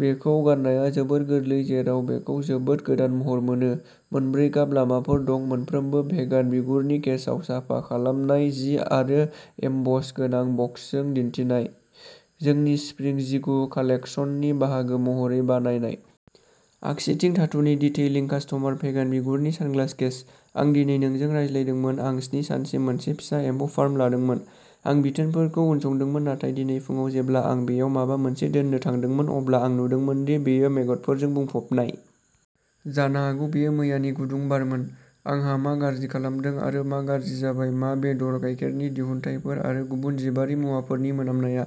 बेखौ गाननाया जोबोद गोरलै जेराव बेखौ जोबोद गोदान महर मोनो। मोनब्रै गाब लामाफोर दं मोनफ्रोमबो भेगान बिगुरनि केसआव साफा खालामनाय जि आरो एमबस गोनां बक्सजों दिन्थिनाय। जोंनि स्प्रिं जिगु कालेक्सननि बाहागो महरै बानायनाय आगसिथिं धातुनि डिटेइलिं कास्टमार भेगान बिगुरनि सानग्लास केस। आं दिनै नोंजों रायज्लायदोंमोन आं स्नि सानसिम मोनसे फिसा एम्फौ फार्म लादोंमोन। आं बिथोनफोरखौ उनसंदोंमोन नाथाय दिनै फुंआव जेब्ला आं बेयाव माबा मोनसे दोन्नो थांदोंमोन अब्ला आं नुदोंमोन दि बेयो मेगटफोरजों बुंफबनाय। जानो हागौ बेयो मैयानि गुदुं बारमोन। आंहा मा गाज्रि खालामदों आरो मा गाज्रि जाबाय मा बेदर गायखेरनि दिहुनथायफोर आरो गुबुन जिबारि मुवाफोरनि मोनामनाया।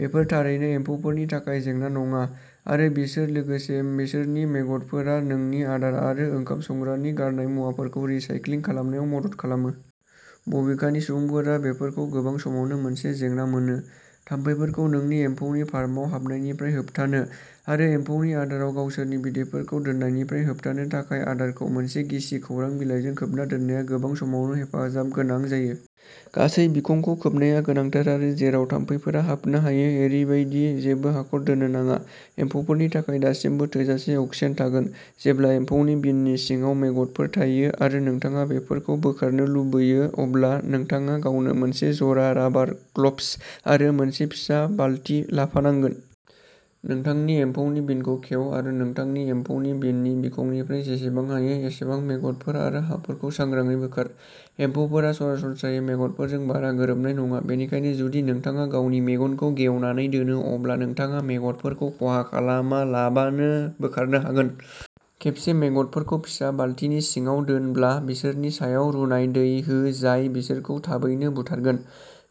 बेफोर थारैनो एम्फौफोरनि थाखाय जेंना नङा आरो बिसोर लोगोसे बिसोरनि मेगटफोरा नोंनि आदार आरो ओंखाम संग्रानि गारनाय मुवाफोरखौ रिसाइक्लिं खालामनायाव मदद खालामो। बबेखानि सुबुंफोरा बेफोरखौ गोबां समावनो मोनसे जेंना मोनो। थाम्फैफोरखौ नोंनि एम्फौनि फार्मआव हाबनायनिफ्राय होबथानो आरो एम्फौनि आदाराव गावसोरनि बिदैफोरखौ दोननायनिफ्राय होबथानो थाखाय आदारखौ मोनसे गिसि खौरां बिलाइजों खोबना दोननाया गोबां समावनो हेफाजाब गोनां जायो। गासै बिखंखौ खोबनाया गोनांथार आरो जेराव थाम्फैफोरा हाबनो हायो ओरैबायदि जेबो हाखर दोननो नाङा। एम्फौफोरनि थाखाय दासिमबो थोजासे अक्सिजेन थागोन। जेब्ला एम्फौनि बिननि सिङाव मेगटफोर थायो आरो नोंथाङा बेफोरखौ बोखारनो लुबैयो अब्ला नोंथाङा गावनो मोनसे जरा राबार ग्लब्स आरो मोनसे फिसा बालति लाफानांगोन। नोंथांनि एम्फौनि बिनखौ खेव आरो नोंथांनि एम्फौनि बिननि बिखंनिफ्राय जेसेबां हायो एसेबां मेगटफोर आरो हाफोरखौ सांग्राङै बोखार। एम्फौफोरा सरासनस्रायै मेग'टफोरजों बारा गोरोबनाय नङा बेनिखायनो जुदि नोंथाङा गावनि मेगनखौ गेवनानै दोनो अब्ला नोंथाङा मेग'टफोरखौ खहा खालामालाबानो बोखारनो हागोन। खेबसे मेग'टफोरखौ फिसा बालतिनि सिङाव दोनब्ला बिसोरनि सायाव रुनाय दै हो जाय बिसोरखौ थाबैनो बुथारगोन।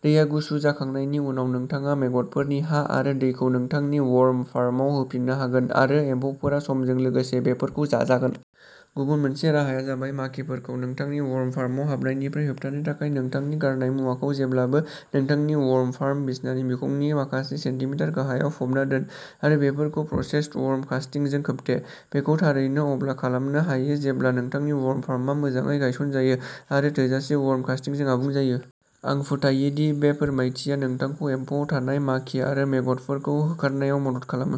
दैया गुसु जाखांनायनि उनाव नोंथाङा मेग'टफोरनि हा आरो दैखौ नोंथांनि वर्म फार्माव होफिननो हागोन आरो एम्फौफोरा समजों लोगोसे बेफोरखौ जाजागोन। गुबुन मोनसे राहाया जाबाय माखिफोरखौ नोंथांनि वर्म फार्मआव हाबनायनिफ्राय होबथानो थाखाय नोंथांनि गारनाय मुवाखौ जेब्लाबो नोंथांनि वर्म फार्म बिसनानि बिखंनि माखासे सेन्टिमिटार गाहायाव फबना दोन आरो बेफोरखौ प्रसेसड वर्म कास्टिं जों खोबथे। बेखौ थारैनो अब्ला खालामनो हायो जेब्ला नोंथांनि वर्म फार्मआ मोजाङै गायसनजायो आरो थोजासे वर्म कास्टिंजों आबुं जायो। आं फोथायो दि बे फोरमायथिया नोंथांखौ एम्फौआव थानाय माखि आरो मेग'टफोरखौ होखारनायाव मदद खालामो।